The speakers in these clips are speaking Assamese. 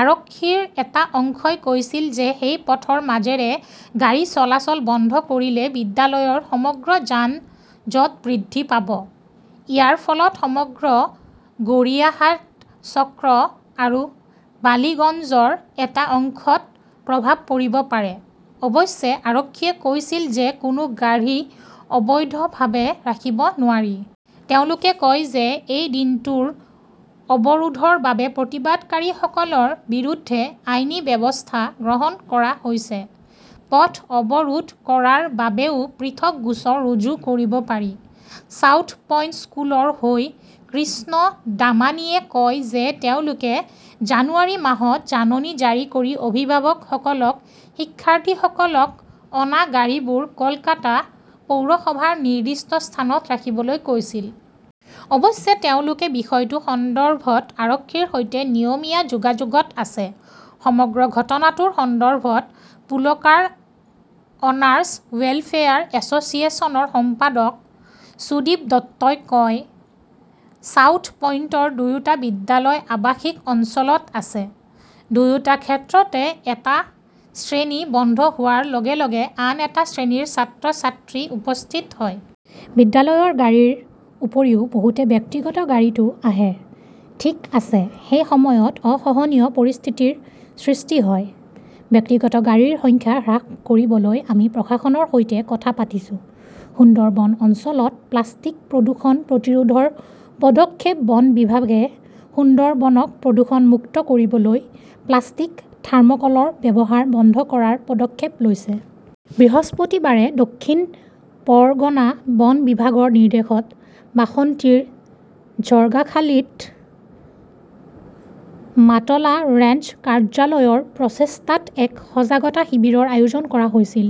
আৰক্ষীৰ এটা অংশই কৈছিল যে সেই পথৰ মাজেৰে গাড়ী চলাচল বন্ধ কৰিলে বিদ্যালয়ৰ সময়ত যান-জঁট বৃদ্ধি পাব। ইয়াৰ ফলত সমগ্ৰ গড়িয়াহাট চক্ৰ আৰু বালিগঞ্জৰ এটা অংশত প্ৰভাৱ পৰিব পাৰে। অৱশ্যে, আৰক্ষীয়ে কৈছিল যে কোনো গাড়ী অবৈধভাৱে ৰাখিব নোৱাৰি। তেওঁলোকে কয় যে এই দিনটোৰ অৱৰোধৰ বাবে প্ৰতিবাদকাৰীসকলৰ বিৰুদ্ধে আইনী ব্যৱস্থা গ্ৰহণ কৰা হৈছে। পথ অৱৰোধ কৰাৰ বাবেও পৃথক গোচৰ ৰুজু কৰিব পাৰি। চাউথ পইণ্ট স্কুলৰ হৈ কৃষ্ণ দামানীয়ে কয় যে তেওঁলোকে জানুৱাৰী মাহত জাননী জাৰি কৰি অভিভাৱকসকলক শিক্ষাৰ্থীসকলক অনা গাড়ীবোৰ কলকাতা পৌৰসভাৰ নিৰ্দিষ্ট স্থানত ৰাখিবলৈ কৈছিল। অৱশ্যে, তেওঁলোকে বিষয়টো সন্দৰ্ভত আৰক্ষীৰ সৈতে নিয়মীয়া যোগাযোগত আছে। সমগ্ৰ ঘটনাটোৰ সন্দৰ্ভত পুলকাৰ অনাৰ্ছ ৱেলফেয়াৰ এছচিয়েশ্যনৰ সম্পাদক সুদীপ দত্তই কয়, চাউথ পইণ্টৰ দুয়োটা বিদ্যালয় আৱাসিক অঞ্চলত আছে। দুয়োটা ক্ষেত্ৰতে এটা শ্ৰেণী বন্ধ হোৱাৰ লগে - লগে আন এটা শ্ৰেণীৰ ছাত্ৰ-ছাত্ৰী উপস্থিত হয়। বিদ্যালয়ৰ গাড়ীৰ উপৰিও বহুতে ব্যক্তিগত গাড়ীতো আহে। ঠিক আছে, সেই সময়ত অসহনীয় পৰিস্থিতিৰ সৃষ্টি হয়। ব্যক্তিগত গাড়ীৰ সংখ্যা হ্ৰাস কৰিবলৈ আমি প্ৰশাসনৰ সৈতে কথা পাতিছো। সুন্দৰবন অঞ্চলত প্লাষ্টিক প্ৰদূষণ প্ৰতিৰোধৰ পদক্ষেপ বন বিভাগে সুন্দৰবনক প্ৰদূষণমুক্ত কৰিবলৈ প্লাষ্টিক, থাৰ্মকলৰ ব্যৱহাৰ বন্ধ কৰাৰ পদক্ষেপ লৈছে। বৃহস্পতিবাৰে দক্ষিণ পৰগনা বন বিভাগৰ নিৰ্দেশত বাসন্তীৰ ঝৰ্গাখালীত মাতলা ৰেঞ্জ কাৰ্যালয়ৰ প্ৰচেষ্টাত এক সজাগতা শিবিৰৰ আয়োজন কৰা হৈছিল।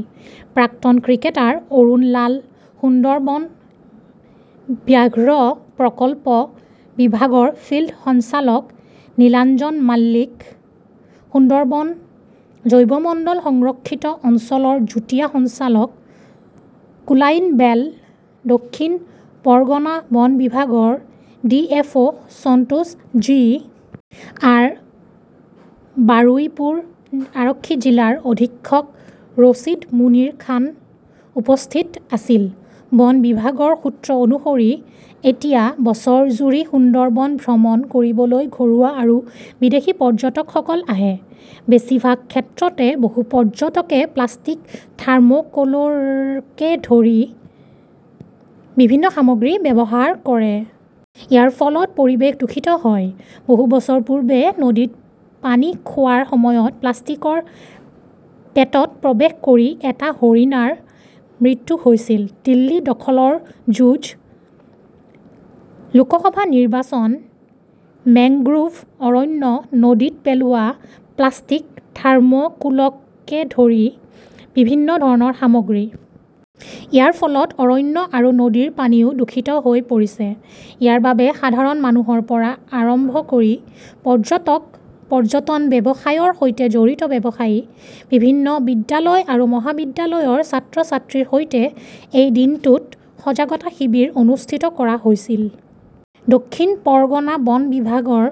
প্ৰাক্তন ক্ৰিকেটাৰ অৰুণ লাল, সুন্দৰবন ব্যাঘ্ৰ প্ৰকল্প বিভাগৰ ফিল্ড সঞ্চালক নীলাঞ্জন মল্লিক, সুন্দৰবন জৈৱমণ্ডল সংৰক্ষিত অঞ্চলৰ যুটীয়া সঞ্চালক কুলাইন বেল, দক্ষিণ পৰগনা বন বিভাগৰ DFO Santosh G. R., Baruipur আৰক্ষী জিলাৰ অধীক্ষক ৰছিদ মুনিৰ খান উপস্থিত আছিল। বন বিভাগৰ সূত্ৰ অনুসৰি, এতিয়া বছৰজুৰি সুন্দৰবন ভ্ৰমণ কৰিবলৈ ঘৰুৱা আৰু বিদেশী পৰ্যটকসকল আহে। বেছিভাগ ক্ষেত্ৰতে, বহু পৰ্যটকে প্লাষ্টিক, থাৰ্মোকোলকে ধৰি বিভিন্ন সামগ্ৰী ব্যৱহাৰ কৰে। ইয়াৰ ফলত পৰিৱেশ দূষিত হয়। বহু বছৰ পূৰ্বে নদীত পানী খোৱাৰ সময়ত প্লাষ্টিকৰ পেটত প্ৰৱেশ কৰি এটা হৰিণৰ মৃত্যু হৈছিল। দিল্লী দখলৰ যুঁজ, লোকসভা নিৰ্বাচন মেংগ্ৰোভ অৰণ্য, নদীত পেলোৱা প্লাষ্টিক, থাৰ্মোকোলকে ধৰি বিভিন্ন ধৰণৰ সামগ্ৰী। ইয়াৰ ফলত অৰণ্য আৰু নদীৰ পানীও দূষিত হৈ পৰিছে। ইয়াৰ বাবে সাধাৰণ মানুহৰ পৰা আৰম্ভ কৰি পৰ্যটক, পৰ্যটন ব্যৱসায়ৰ সৈতে জড়িত ব্যৱসায়ী, বিভিন্ন বিদ্যালয় আৰু মহাবিদ্যালয়ৰ ছাত্ৰ-ছাত্ৰীৰ সৈতে এই দিনটোত সজাগতা শিবিৰ অনুষ্ঠিত কৰা হৈছিল। দক্ষিণ পৰগনা বন বিভাগৰ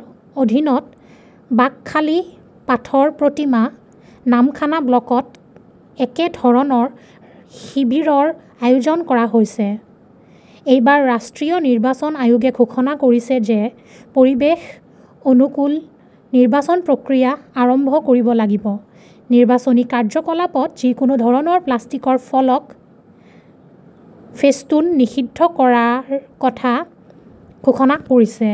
অধীনত বাকখালী, পাথৰপ্ৰতিমা, নামখানা ব্লকত একেধৰণৰ শিবিৰৰ আয়োজন কৰা হৈছে। এইবাৰ ৰাষ্ট্ৰীয় নিৰ্বাচন আয়োগে ঘোষণা কৰিছে যে পৰিৱেশ অনুকূল নিৰ্বাচন প্ৰক্ৰিয়া আৰম্ভ কৰিব লাগিব। নিৰ্বাচনী কাৰ্যকলাপত যিকোনো ধৰণৰ প্লাষ্টিকৰ ফলক, ফেস্টুন নিষিদ্ধ কৰাৰ কথা ঘোষণা কৰিছে।